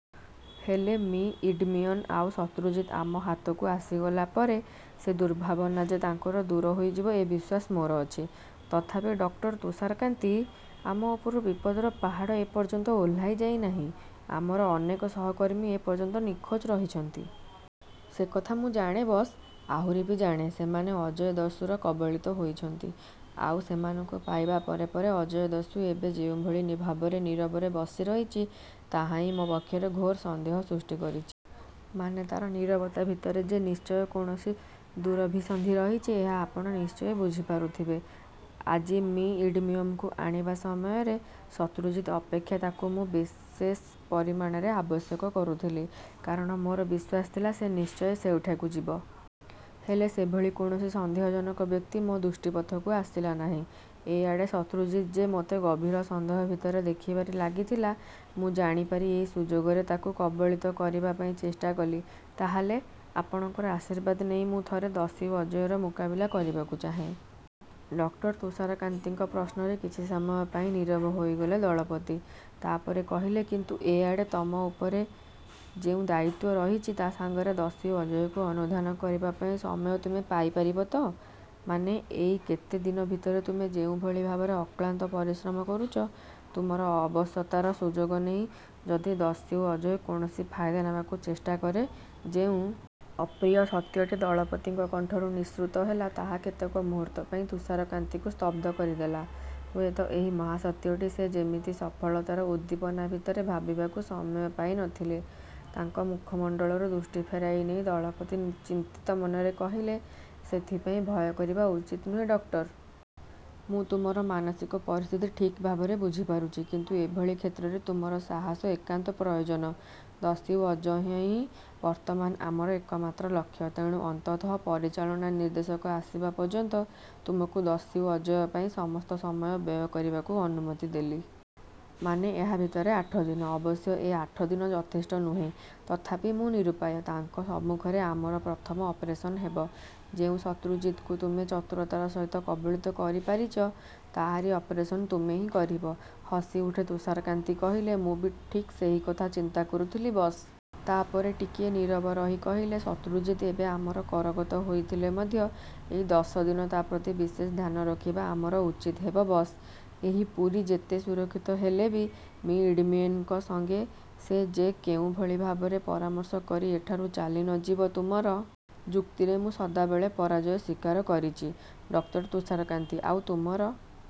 ହେଲେ, ମି. ଇଡମ୍ବିଏନ୍ ଆଉ ଶତ୍ରୁଜିତ ଆମ ହାତକୁ ଆସିଗଲା ପରେ ସେ ଦୁର୍ଭାବନା ଯେ ତାଙ୍କର ଦୂର ହୋଇଯିବ, ଏ ବିଶ୍ୱାସ ମୋର ଅଛି। ତଥାପି ଡକ୍ଟର ତୁଷାରକାନ୍ତି ଆମ ଉପରୁ ବିପଦର ପାହାଡ଼ ଏ ପର୍ଯ୍ୟନ୍ତ ଓହ୍ଲାଇ ଯାଇ ନାହିଁ। ଆମର ଅନେକ ସହକର୍ମୀ ଏ ପର୍ଯ୍ୟନ୍ତ ନିଖୋଜ ରହିଛନ୍ତି। ସେ କଥା ମୁଁ ଜାଣେ, ବସ୍। ଆହୁରି ବି ଜାଣେ, ସେମାନେ ଅଜୟ ଦସ୍ୟୁର କବଳିତ ହୋଇଛନ୍ତି। ଆଉ ସେମାନଙ୍କୁ ପାଇବା ପରେ ପରେ ଅଜୟ ଦସ୍ୟୁ ଏବେ ଯେଉଁଭଳି ଭାବରେ ନୀରବରେ ବସିରହିଛି, ତାହା ହିଁ ମୋ ପକ୍ଷରେ ଘୋର ସନ୍ଦେହ ସୃଷ୍ଟି କରିଛି। ମାନେ ତା'ର ନୀରବତା ଭିତରେ ଯେ ନିଶ୍ଚୟ କୌଣସି ଦୁରଭିସନ୍ଧି ରହିଛି, ଏହା ଆପଣ ନିଶ୍ଚୟ ବୁଝିପାରୁଥିବେ। ଆଜି ମି. ଇଡମ୍ବିଏନ୍‌ଙ୍କୁ ଆଣିବା ସମୟରେ ଶତ୍ରୁଜିତ ଅପେକ୍ଷା ତାକୁ ମୁଁ ବିଶେଷ ପରିମାଣରେ ଆବଶ୍ୟକ କରୁଥିଲି। କାରଣ ମୋର ବିଶ୍ୱାସ ଥିଲା, ସେ ନିଶ୍ଚୟ ସେହିଠାକୁ ଯିବ। ହେଲେ, ସେଭଳି କୌଣସି ସନ୍ଦେହଜନକ ବ୍ୟକ୍ତି ମୋ ଦୃଷ୍ଟିପଥକୁ ଆସିଲା ନାହିଁ। ଏ ଆଡ଼େ ଶତ୍ରୁଜିତ ଯେ ମୋତେ ଗଭୀର ସନ୍ଦେହ ଭିତରେ ଦେଖିବାରେ ଲାଗିଥିଲା, ମୁଁ ଜାଣିପାରି ଏହି ସୁଯୋଗରେ ତାକୁ କବଳିତ କରିବା ପାଇଁ ଚେଷ୍ଟା କଲି। ତା'ହେଲେ? ଆପଣଙ୍କର ଆଶୀର୍ବାଦ ନେଇ ମୁଁ ଥରେ ଦସ୍ୟୁ ଅଜୟର ମୁକାବିଲା କରିବାକୁ ଚାହେଁ। ଡକ୍ଟର ତୁଷାରକାନ୍ତିଙ୍କ ପ୍ରଶ୍ନରେ କିଛି ସମୟ ପାଇଁ ନୀରବ ହୋଇଗଲେ ଦଳପତି। ତା'ପରେ କହିଲେ, କିନ୍ତୁ ଏ ଆଡ଼େ ତମ ଉପରେ ଯେଉଁ ଦାୟିତ୍ୱ ରହିଛି, ତା ସାଙ୍ଗରେ ଦସ୍ୟୁ ଅଜୟକୁ ଅନୁଧ୍ୟାନ କରିବା ପାଇଁ ସମୟ ତୁମେ ପାଇପାରିବ ତ? ମାନେ, ଏଇ କେତେ ଦିନ ଭିତରେ ତୁମେ ଯେଉଁଭଳି ଭାବରେ ଅକ୍ଳାନ୍ତ ପରିଶ୍ରମ କରୁଛ, ତୁମର ଅବଶତାର ସୁଯୋଗ ନେଇ ଯଦି ଦସ୍ୟୁ ଅଜୟ କୌଣସି ଫାଇଦା ନେବାକୁ ଚେଷ୍ଟା କରେ.ଯେଉଁ ଅପ୍ରିୟ ସତ୍ୟଟି ଦଳପତିଙ୍କ କଣ୍ଠରୁ ନିଃସୃତ ହେଲା, ତାହା କେତେକ ମୁହୂର୍ତ୍ତ ପାଇଁ ତୁଷାରକାନ୍ତିଙ୍କୁ ସ୍ତବ୍ଧ କରିଦେଲା। ହୁଏତ ଏହି ମହାସତ୍ୟଟି ସେ ଯେମିତି ସଫଳତାର ଉଦ୍ଦୀପନା ଭିତରେ ଭାବିବାକୁ ସମୟ ପାଇ ନ ଥିଲେ। ତାଙ୍କ ମୁଖମଣ୍ଡଳରୁ ଦୃଷ୍ଟି ଫେରାଇ ନେଇ ଦଳପତି ଚିନ୍ତିତ ମନରେ କହିଲେ, ସେଥିପାଇଁ ଭୟ କରିବା ଉଚିତ ନୁହେଁ, ଡକ୍ଟର। ମୁଁ ତୁମର ମାନସିକ ପରିସ୍ଥିତି ଠିକ୍ ଭାବରେ ବୁଝିପାରୁଛି। କିନ୍ତୁ ଏଭଳି କ୍ଷେତ୍ରରେ ତୁମର ସାହସ ଏକାନ୍ତ ପ୍ରୟୋଜନ। ଦସ୍ୟୁ ଅଜୟ ହିଁ ବର୍ତ୍ତମାନ ଆମର ଏକମାତ୍ର ଲକ୍ଷ୍ୟ। ତେଣୁ ଅନ୍ତତଃ ପରିଚାଳନା ନିର୍ଦ୍ଦେଶକ ଆସିବା ପର୍ଯ୍ୟନ୍ତ ତୁମକୁ ଦସ୍ୟୁ ଅଜୟ ପାଇଁ ସମସ୍ତ ସମୟ ବ୍ୟୟ କରିବାକୁ ଅନୁମତି ଦେଲି। ମାନେ, ଏହା ଭିତରେ ଆଠ ଦିନ। ଅବଶ୍ୟ ଏ ଆଠ ଦିନ ଯଥେଷ୍ଟ ନୁହେଁ, ତଥାପି ମୁଁ ନିରୁପାୟ। ତାଙ୍କ ସମ୍ମୁଖରେ ଆମର ପ୍ରଥମ ଅପରେସନ୍ ହେବ। ଯେଉଁ ଶତ୍ରୁଜିତକୁ ତୁମେ ଚତୁରତାର ସହିତ କବଳିତ କରିପାରିଛ, ତାହାରି ଅପରେସନ୍ ତୁମେ ହିଁ କରିବ। ହସିଉଠି ତୁଷାରକାନ୍ତି କହିଲେ, ମୁଁ ବି ଠିକ୍ ସେହି କଥା ଚିନ୍ତା କରୁଥିଲି, ବସ୍। ତା'ପରେ ଟିକିଏ ନୀରବ ରହି କହିଲେ, ଶତ୍ରୁଜିତ ଏବେ ଆମର କରଗତ ହୋଇଥିଲେ ମଧ୍ୟ ଏହି ଦଶ ଦିନ ତା' ପ୍ରତି ବିଶେଷ ଧ୍ୟାନ ରଖିବା ଆମର ଉଚିତ ହେବ, ବସ୍। ଏହି ପୁରୀ ଯେତେ ସୁରକ୍ଷିତ ହେଲେ ବି, ମି. ଇଡମ୍ବିଏନ୍‌ଙ୍କ ସଙ୍ଗେ ସେ ଯେ କେଉଁଭଳି ଭାବରେ ପରାମର୍ଶ କରି ଏଠାରୁ ଚାଲି ନ ଯିବ. ତୁମର ଯୁକ୍ତିରେ ମୁଁ ସଦାବେଳେ ପରାଜୟ ସ୍ୱୀକାର କରିଛି, ଡକ୍ଟର ତୁଷାରକାନ୍ତି। ଆଉ ତୁମର.